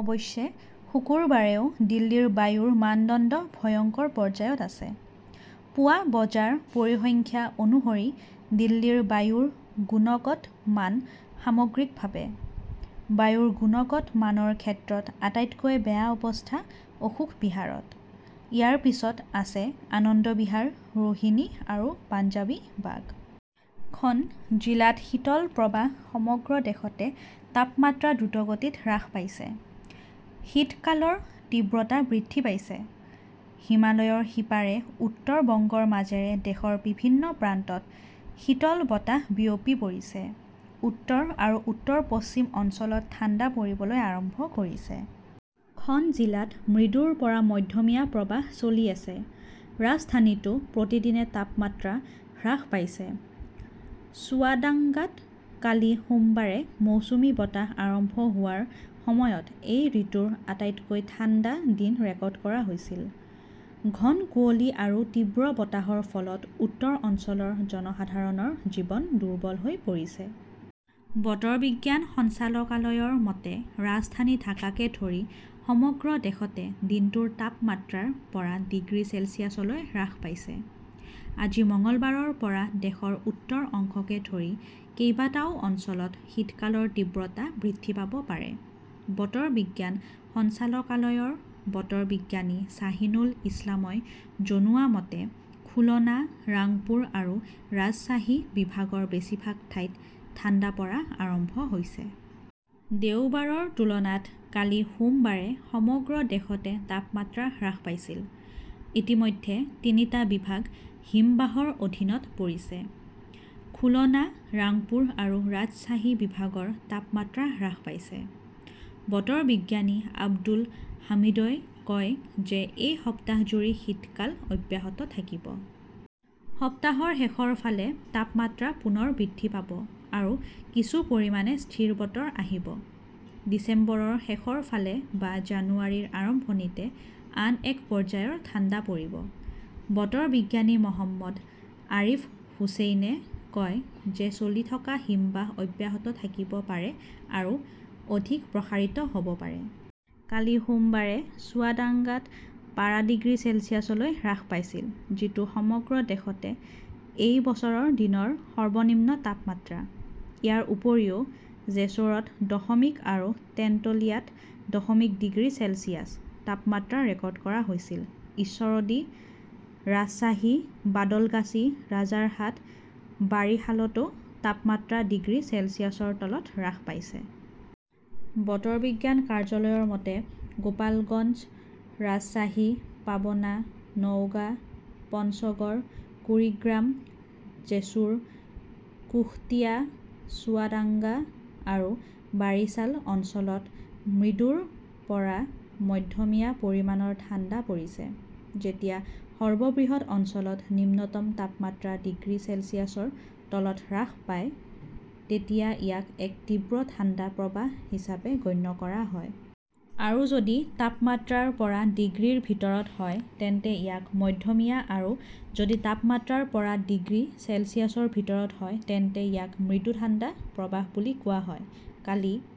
অৱশ্যে শুকুৰবাৰেও দিল্লীৰ বায়ুৰ মানদণ্ড 'ভয়ংকৰ "পৰ্যায়ত আছে। পুৱা বজাৰ পৰিসংখ্যা অনুসৰি দিল্লীৰ বায়ুৰ গুণগত মান সামগ্ৰিকভাৱে। বায়ুৰ গুণগত মানৰ ক্ষেত্ৰত আটাইতকৈ বেয়া অৱস্থা অশোক বিহাৰত। ইয়াৰ পিছত আছে আনন্দ বিহাৰ, ৰোহিনী আৰু পাঞ্জাৱী বাগ। খন জিলাত শীতল প্ৰবাহ সমগ্ৰ দেশতে তাপমাত্ৰা দ্ৰুতগতিত হ্ৰাস পাইছে। শীতকালৰ তীব্ৰতা বৃদ্ধি পাইছে। হিমালয়ৰ সিপাৰে উত্তৰ বংগৰ মাজেৰে দেশৰ বিভিন্ন প্ৰান্তত শীতল বতাহ বিয়পি পৰিছে। উত্তৰ আৰু উত্তৰ-পশ্চিম অঞ্চলত ঠাণ্ডা পৰিবলৈ আৰম্ভ কৰিছে। খন জিলাত মৃদুৰ পৰা মধ্যমীয়া প্ৰৱাহ চলি আছে। ৰাজধানীতো প্ৰতিদিনে তাপমাত্ৰা হ্ৰাস পাইছে। চুৱাডাংগাত কালি সোমবাৰে মৌচুমী বতাহ আৰম্ভ হোৱাৰ সময়ত এই ঋতুৰ আটাইতকৈ ঠাণ্ডা দিন ৰেকৰ্ড কৰা হৈছিল। ঘন কুঁৱলী আৰু তীব্ৰ বতাহৰ ফলত উত্তৰ অঞ্চলৰ জনসাধাৰণৰ জীৱন দুৰ্বল হৈ পৰিছে। বতৰ বিজ্ঞান সঞ্চালকালয়ৰ মতে, ৰাজধানী ঢাকাকে ধৰি সমগ্ৰ দেশতে দিনটোৰ তাপমাত্ৰা ৰ পৰা ডিগ্ৰী চেলছিয়াছলৈ হ্ৰাস পাইছে। আজি মঙলবাৰৰ পৰা দেশৰ উত্তৰ অংশকে ধৰি কেইবাটাও অঞ্চলত শীতকালৰ তীব্ৰতা বৃদ্ধি পাব পাৰে। বতৰ বিজ্ঞান সঞ্চালকালয়ৰ বতৰ বিজ্ঞানী শ্বাহিনুল ইছলামই জনোৱা মতে, খুলনা, ৰাংপুৰ আৰু ৰাজশ্বাহী বিভাগৰ বেছিভাগ ঠাইত ঠাণ্ডা পৰা আৰম্ভ হৈছে। দেওবাৰৰ তুলনাত কালি সোমবাৰে সমগ্ৰ দেশতে তাপমাত্ৰা হ্ৰাস পাইছিল। ইতিমধ্যে তিনিটা বিভাগ হিমবাহৰ অধীনত পৰিছে। খুলনা, ৰাংপুৰ আৰু ৰাজশ্বাহী বিভাগৰ তাপমাত্ৰা হ্ৰাস পাইছে। বতৰ বিজ্ঞানী আব্দুল হামিদই কয় যে এই সপ্তাহজুৰি শীতকাল অব্যাহত থাকিব। সপ্তাহৰ শেষৰ ফালে তাপমাত্ৰা পুনৰ বৃদ্ধি পাব আৰু কিছু পৰিমাণে স্থিৰ বতৰ আহিব। ডিচেম্বৰৰ শেষৰ ফালে বা জানুৱাৰীৰ আৰম্ভণিতে আন এক পৰ্যায়ৰ ঠাণ্ডা পৰিব। বতৰ বিজ্ঞানী মহম্মদ আৰিফ হুচেইনে কয় যে চলি থকা হিমবাহ অব্যাহত থাকিব পাৰে আৰু অধিক প্ৰসাৰিত হ 'ব পাৰে। কালি সোমবাৰে চুৱাদাঙ্গাত পাৰা ডিগ্ৰী চেলছিয়াছলৈ হ্ৰাস পাইছিল, যিটো সমগ্ৰ দেশতে এই বছৰৰ দিনৰ সৰ্বনিম্ন তাপমাত্ৰা। ইয়াৰ উপৰিও, জেছোৰত দশমিক আৰু তেন্তুলিয়াত দশমিক ডিগ্ৰী চেলছিয়াছ তাপমাত্ৰা ৰেকৰ্ড কৰা হৈছিল। ঈশ্বৰদী, ৰাজশ্বাহী, বাদলগাছী, ৰাজাৰহাট, বাৰিশালতও তাপমাত্ৰা ডিগ্ৰী চেলছিয়াছৰ তলত হ্ৰাস পাইছে। বতৰ বিজ্ঞান কাৰ্যালয়ৰ মতে, গোপালগঞ্জ, ৰাজশ্বাহী, পাবনা, নওগাঁ, পঞ্চগড়, কুৰিগ্ৰাম, জেছুৰ, কুশটিয়া, চুৱাদাঙ্গা আৰু বাৰিছাল অঞ্চলত মৃদুৰ পৰা মধ্যমীয়া পৰিমাণৰ ঠাণ্ডা পৰিছে। যেতিয়া সৰ্ববৃহৎ অঞ্চলত নিম্নতম তাপমাত্ৰা ডিগ্ৰী চেলছিয়াছৰ তলত হ্ৰাস পায় তেতিয়া ইয়াক এক তীব্ৰ ঠাণ্ডা প্ৰৱাহ হিচাপে গণ্য কৰা হয়। আৰু যদি তাপমাত্ৰা ৰ পৰা ডিগ্ৰীৰ ভিতৰত হয় তেন্তে ইয়াক মধ্যমীয়া আৰু যদি তাপমাত্ৰা ৰ পৰা ডিগ্ৰী চেলছিয়াছৰ ভিতৰত হয় তেন্তে ইয়াক মৃদু ঠাণ্ডা প্ৰৱাহ বুলি কোৱা হয়। কালি